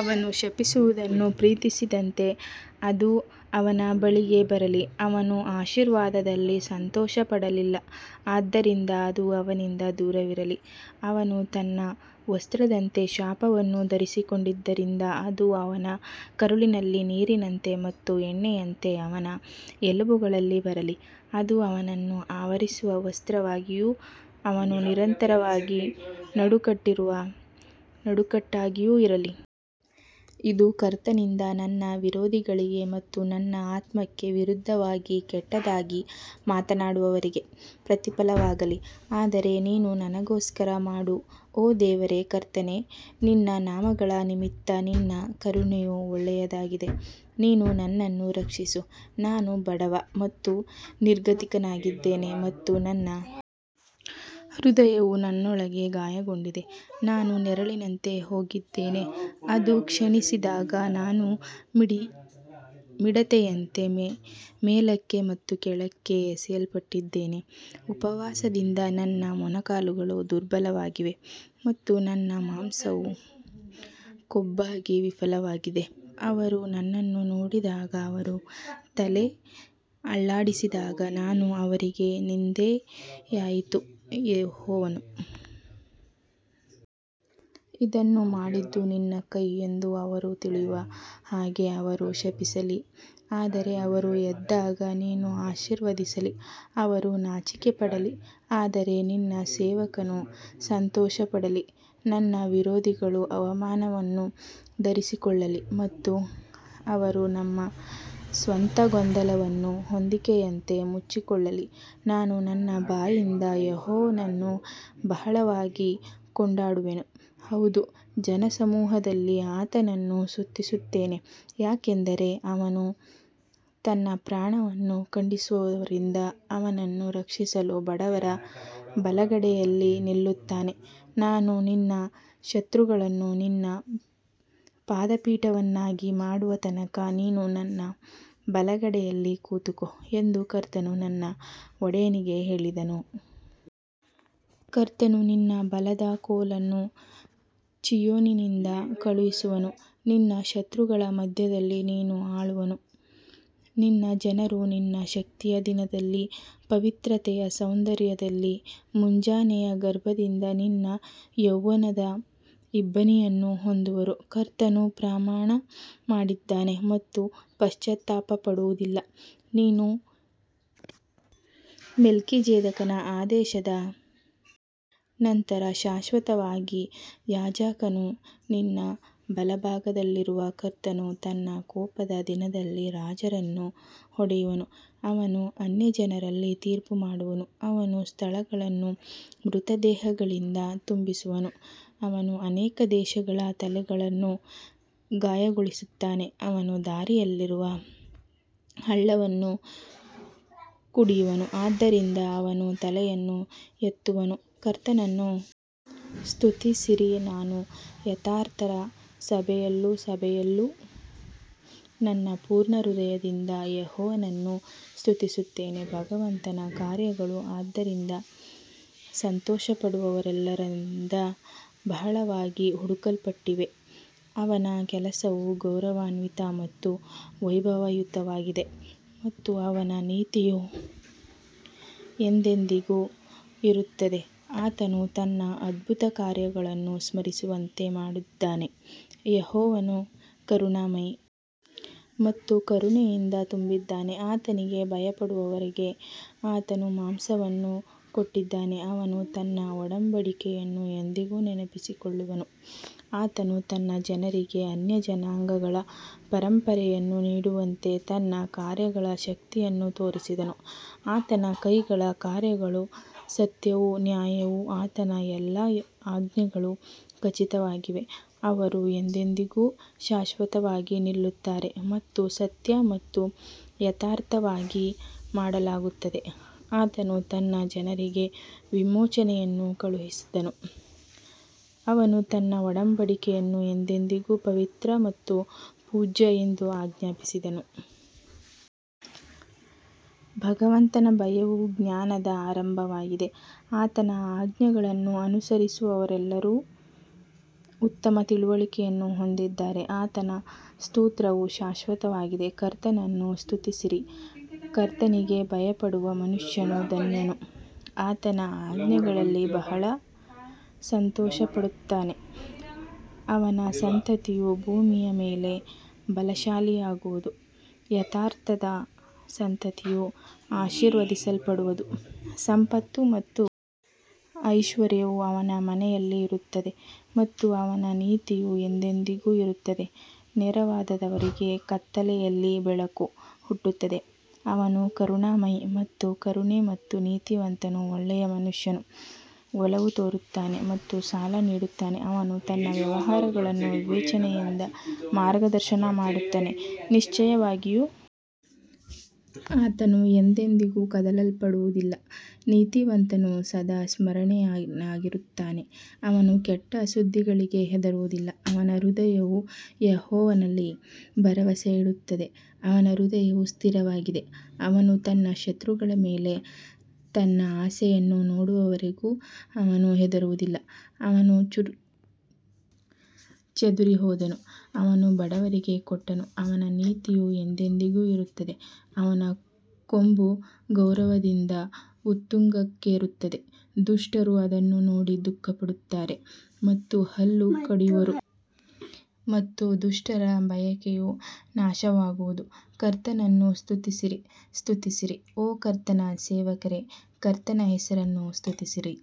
ಅವನು ಶಪಿಸುವುದನ್ನು ಪ್ರೀತಿಸಿದಂತೆ ಅದು ಅವನ ಬಳಿಗೆ ಬರಲಿ, ಅವನು ಆಶೀರ್ವಾದದಲ್ಲಿ ಸಂತೋಷಪಡಲಿಲ್ಲ ಆದ್ದರಿಂದ ಅದು ಅವನಿಂದ ದೂರವಿರಲಿ ಅವನು ತನ್ನ ವಸ್ತ್ರದಂತೆ ಶಾಪವನ್ನು ಧರಿಸಿಕೊಂಡಿದ್ದರಿಂದ ಅದು ಅವನ ಕರುಳಿನಲ್ಲಿ ನೀರಿನಂತೆ ಮತ್ತು ಎಣ್ಣೆಯಂತೆ ಅವನ ಎಲುಬುಗಳಲ್ಲಿ ಬರಲಿ. ಅದು ಅವನನ್ನು ಆವರಿಸುವ ವಸ್ತ್ರವಾಗಿಯೂ ಅವನು ನಿರಂತರವಾಗಿ ನಡುಕಟ್ಟಿರುವ ನಡುಕಟ್ಟಾಗಿಯೂ ಇರಲಿ. ಇದು ಕರ್ತನಿಂದ ನನ್ನ ವಿರೋಧಿಗಳಿಗೆ ಮತ್ತು ನನ್ನ ಆತ್ಮಕ್ಕೆ ವಿರುದ್ಧವಾಗಿ ಕೆಟ್ಟದಾಗಿ ಮಾತನಾಡುವವರಿಗೆ ಪ್ರತಿಫಲವಾಗಲಿ ಆದರೆ ನೀನು ನನಗೋಸ್ಕರ ಮಾಡು ಓ ದೇವರೇ ಕರ್ತನೇ ನಿನ್ನ ನಾಮಗಳ ನಿಮಿತ್ತ ನಿನ್ನ ಕರುಣೆಯು ಒಳ್ಳೆಯದಾಗಿದೆ ನೀನು ನನ್ನನ್ನು ರಕ್ಷಿಸು ನಾನು ಬಡವ ಮತ್ತು ನಿರ್ಗತಿಕನಾಗಿದ್ದೇನೆ ಮತ್ತು ನನ್ನ ಹೃದಯವು ನನ್ನೊಳಗೆ ಗಾಯಗೊಂಡಿದೆ ನಾನು ನೆರಳಿನಂತೆ ಹೋಗಿದ್ದೇನೆ ಅದು ಕ್ಷೀಣಿಸಿದಾಗ ನಾನು ಮಿಡತೆಯಂತೆ ಮೇಲಕ್ಕೆ ಮತ್ತು ಕೆಳಕ್ಕೆ ಎಸೆಯಲ್ಪಟ್ಟಿದ್ದೇನೆ ಉಪವಾಸದಿಂದ ನನ್ನ ಮೊಣಕಾಲುಗಳು ದುರ್ಬಲವಾಗಿವೆ ಮತ್ತು ನನ್ನ ಮಾಂಸವು ಕೊಬ್ಬಾಗಿ ವಿಫಲವಾಗಿದೆ ಅವರು ನನ್ನನ್ನು ನೋಡಿದಾಗ ಅವರು ತಲೆ ಅಲ್ಲಾಡಿಸಿದಾಗ ನಾನು ಅವರಿಗೆ ನಿಂದೆಯಾಯಿತು ಯೆಹೋವನು ಇದನ್ನು ಮಾಡಿದ್ದು ನಿನ್ನ ಕೈ ಎಂದು ಅವರು ತಿಳಿಯುವ ಹಾಗೆ ಅವರು ಶಪಿಸಲಿ ಆದರೆ ಅವರು ಎದ್ದಾಗ ನೀನು ಆಶೀರ್ವದಿಸಲಿ ಅವರು ನಾಚಿಕೆಪಡಲಿ ಆದರೆ ನಿನ್ನ ಸೇವಕನು ಸಂತೋಷಪಡಲಿ ನನ್ನ ವಿರೋಧಿಗಳು ಅವಮಾನವನ್ನು ಧರಿಸಿಕೊಳ್ಳಲಿ ಮತ್ತು ಅವರು ತಮ್ಮ ಸ್ವಂತ ಗೊಂದಲವನ್ನು ಹೊದಿಕೆಯಂತೆ ಮುಚ್ಚಿಕೊಳ್ಳಲಿ ನಾನು ನನ್ನ ಬಾಯಿಂದ ಯೆಹೋವನನ್ನು ಬಹಳವಾಗಿ ಕೊಂಡಾಡುವೆನು, ಹೌದು ಜನಸಮೂಹದಲ್ಲಿ ಆತನನ್ನು ಸ್ತುತಿಸುತ್ತೇನೆ ಯಾಕಂದರೆ ಅವನು ತನ್ನ ಪ್ರಾಣವನ್ನು ಖಂಡಿಸುವವರಿಂದ ಅವನನ್ನು ರಕ್ಷಿಸಲು ಬಡವರ ಬಲಗಡೆಯಲ್ಲಿ ನಿಲ್ಲುತ್ತಾನೆ ನಾನು ನಿನ್ನ ಶತ್ರುಗಳನ್ನು ನಿನ್ನ ಪಾದಪೀಠವನ್ನಾಗಿ ಮಾಡುವ ತನಕ ನೀನು ನನ್ನ ಬಲಗಡೆಯಲ್ಲಿ ಕೂತುಕೋ ಎಂದು ಕರ್ತನು ನನ್ನ ಒಡೆಯನಿಗೆ ಹೇಳಿದನು. ಕರ್ತನು ನಿನ್ನ ಬಲದ ಕೋಲನ್ನು ಚೀಯೋನಿನಿಂದ ಕಳುಹಿಸುವನು ನಿನ್ನ ಶತ್ರುಗಳ ಮಧ್ಯದಲ್ಲಿ ನೀನು ಆಳುವನು ನಿನ್ನ ಜನರು ನಿನ್ನ ಶಕ್ತಿಯ ದಿನದಲ್ಲಿ ಪವಿತ್ರತೆಯ ಸೌಂದರ್ಯದಲ್ಲಿ ಮುಂಜಾನೆಯ ಗರ್ಭದಿಂದ ನಿನ್ನ ಯೌವನದ ಇಬ್ಬನಿಯನ್ನು ಹೊಂದುವರು ಕರ್ತನು ಪ್ರಮಾಣ ಮಾಡಿದ್ದಾನೆ ಮತ್ತು ಪಶ್ಚಾತ್ತಾಪ ಪಡುವುದಿಲ್ಲ, ನೀನು ಮೆಲ್ಕಿಜೆದೇಕನ ಆದೇಶದ ನಂತರ ಶಾಶ್ವತವಾಗಿ ಯಾಜಕನು ನಿನ್ನ ಬಲಭಾಗದಲ್ಲಿರುವ ಕರ್ತನು ತನ್ನ ಕೋಪದ ದಿನದಲ್ಲಿ ರಾಜರನ್ನು ಹೊಡೆಯುವನು ಅವನು ಅನ್ಯಜನರಲ್ಲಿ ತೀರ್ಪುಮಾಡುವನು, ಅವನು ಸ್ಥಳಗಳನ್ನು ಮೃತ ದೇಹಗಳಿಂದ ತುಂಬಿಸುವನು, ಅವನು ಅನೇಕ ದೇಶಗಳ ತಲೆಗಳನ್ನು ಗಾಯಗೊಳಿಸುತ್ತಾನೆ ಅವನು ದಾರಿಯಲ್ಲಿರುವ ಹಳ್ಳವನ್ನು ಕುಡಿಯುವನು, ಆದ್ದರಿಂದ ಅವನು ತಲೆಯನ್ನು ಎತ್ತುವನು ಕರ್ತನನ್ನು ಸ್ತುತಿಸಿರಿ ನಾನು ಯಥಾರ್ಥರ ಸಭೆಯಲ್ಲೂ ಸಭೆಯಲ್ಲೂ ನನ್ನ ಪೂರ್ಣ ಹೃದಯದಿಂದ ಯೆಹೋವನನ್ನು ಸ್ತುತಿಸುತ್ತೇನೆ ಭಗವಂತನ ಕಾರ್ಯಗಳು ಅದರಲ್ಲಿ ಸಂತೋಷಪಡುವವರೆಲ್ಲರಿಂದ ಬಹಳವಾಗಿ ಹುಡುಕಲ್ಪಟ್ಟಿವೆ ಅವನ ಕೆಲಸವು ಗೌರವಾನ್ವಿತ ಮತ್ತು ವೈಭವಯುತವಾಗಿದೆ ಮತ್ತು ಅವನ ನೀತಿಯು ಎಂದೆಂದಿಗೂ ಇರುತ್ತದೆ ಆತನು ತನ್ನ ಅದ್ಭುತಕಾರ್ಯಗಳನ್ನು ಸ್ಮರಿಸುವಂತೆ ಮಾಡಿದ್ದಾನೆ, ಯೆಹೋವನು ಕರುಣಾಮಯಿ ಮತ್ತು ಕರುಣೆಯಿಂದ ತುಂಬಿದ್ದಾನೆ ಆತನಿಗೆ ಭಯಪಡುವವರಿಗೆ ಆತನು ಮಾಂಸವನ್ನು ಕೊಟ್ಟಿದ್ದಾನೆ, ಅವನು ತನ್ನ ಒಡಂಬಡಿಕೆಯನ್ನು ಎಂದಿಗೂ ನೆನಪಿಸಿಕೊಳ್ಳುವನು ಆತನು ತನ್ನ ಜನರಿಗೆ ಅನ್ಯಜನಾಂಗಗಳ ಪರಂಪರೆಯನ್ನು ನೀಡುವಂತೆ ತನ್ನ ಕಾರ್ಯಗಳ ಶಕ್ತಿಯನ್ನು ತೋರಿಸಿದನು ಆತನ ಕೈಗಳ ಕಾರ್ಯಗಳು ಸತ್ಯವೂ ನ್ಯಾಯವೂ ಆತನ ಎಲ್ಲಾ ಆಜ್ಞೆಗಳು ಖಚಿತವಾಗಿವೆ ಅವರು ಎಂದೆಂದಿಗೂ ಶಾಶ್ವತವಾಗಿ ನಿಲ್ಲುತ್ತಾರೆ ಮತ್ತು ಸತ್ಯ ಮತ್ತು ಯಥಾರ್ಥವಾಗಿ ಮಾಡಲಾಗುತ್ತದೆ ಆತನು ತನ್ನ ಜನರಿಗೆ ವಿಮೋಚನೆಯನ್ನು ಕಳುಹಿಸಿದನು, ಅವನು ತನ್ನ ಒಡಂಬಡಿಕೆಯನ್ನು ಎಂದೆಂದಿಗೂ ಪವಿತ್ರ ಮತ್ತು ಪೂಜ್ಯ ಎಂದು ಆಜ್ಞಾಪಿಸಿದನು. ಭಗವಂತನ ಭಯವು ಜ್ಞಾನದ ಆರಂಭವಾಗಿದೆ, ಆತನ ಆಜ್ಞೆಗಳನ್ನು ಅನುಸರಿಸುವವರೆಲ್ಲರೂ ಉತ್ತಮ ತಿಳುವಳಿಕೆಯನ್ನು ಹೊಂದಿದ್ದಾರೆ ಆತನ ಸ್ತೋತ್ರವು ಶಾಶ್ವತವಾಗಿದೆ ಕರ್ತನನ್ನು ಸ್ತುತಿಸಿರಿ, ಕರ್ತನಿಗೆ ಭಯಪಡುವ ಮನುಷ್ಯನು ಧನ್ಯನು, ಆತನ ಆಜ್ಞೆಗಳಲ್ಲಿ ಬಹಳ ಸಂತೋಷಪಡುತ್ತಾನೆ ಅವನ ಸಂತತಿಯು ಭೂಮಿಯ ಮೇಲೆ ಬಲಶಾಲಿಯಾಗುವದು, ಯಥಾರ್ಥರ ಸಂತತಿಯು ಆಶೀರ್ವದಿಸಲ್ಪಡುವದು ಸಂಪತ್ತು ಮತ್ತು ಐಶ್ವರ್ಯವು ಅವನ ಮನೆಯಲ್ಲಿ ಇರುತ್ತದೆ ಮತ್ತು ಅವನ ನೀತಿಯು ಎಂದೆಂದಿಗೂ ಇರುತ್ತದೆ ನೇರವಾದವರಿಗೆ ಕತ್ತಲೆಯಲ್ಲಿ ಬೆಳಕು ಹುಟ್ಟುತ್ತದೆ, ಅವನು ಕರುಣಾಮಯಿ ಮತ್ತು ಕರುಣೆ ಮತ್ತು ನೀತಿವಂತನು ಒಳ್ಳೆಯ ಮನುಷ್ಯನು ಒಲವು ತೋರುತ್ತಾನೆ ಮತ್ತು ಸಾಲ ನೀಡುತ್ತಾನೆ, ಅವನು ತನ್ನ ವ್ಯವಹಾರಗಳನ್ನು ವಿವೇಚನೆಯಿಂದ ಮಾರ್ಗದರ್ಶನ ಮಾಡುತ್ತಾನೆ ನಿಶ್ಚಯವಾಗಿಯೂ ಆತನು ಎಂದೆಂದಿಗೂ ಕದಲಲ್ಪಡುವದಿಲ್ಲ, ನೀತಿವಂತನು ಸದಾ ಸ್ಮರಣೀಯನಾಗಿರುತ್ತಾನೆ ಅವನು ಕೆಟ್ಟ ಸುದ್ದಿಗಳಿಗೆ ಹೆದರುವುದಿಲ್ಲ, ಅವನ ಹೃದಯವು ಯೆಹೋವನಲ್ಲಿ ಭರವಸೆಯಿಡುತ್ತದೆ ಅವನ ಹೃದಯವು ಸ್ಥಿರವಾಗಿದೆ, ಅವನು ತನ್ನ ಶತ್ರುಗಳ ಮೇಲೆ ತನ್ನ ಆಸೆಯನ್ನು ನೋಡುವವರೆಗೂ ಅವನು ಹೆದರುವುದಿಲ್ಲ ಅವನು ಚದುರಿಹೋದನು ಅವನು ಬಡವರಿಗೆ ಕೊಟ್ಟನು ಅವನ ನೀತಿಯು ಎಂದೆಂದಿಗೂ ಇರುತ್ತದೆ ಅವನ ಕೊಂಬು ಗೌರವದಿಂದ ಉತ್ತುಂಗಕ್ಕೇರುತ್ತದೆ ದುಷ್ಟರು ಅದನ್ನು ನೋಡಿ ದುಃಖಪಡುತ್ತಾರೆ ಮತ್ತು ಹಲ್ಲು ಕಡಿಯುವರು ಮತ್ತು ದುಷ್ಟರ ಬಯಕೆಯು ನಾಶವಾಗುವುದು ಕರ್ತನನ್ನು ಸ್ತುತಿಸಿರಿ ಸ್ತುತಿಸಿರಿ ಓ ಕರ್ತನ ಸೇವಕರೇ ಕರ್ತನ ಹೆಸರನ್ನು ಸ್ತುತಿಸಿರಿ.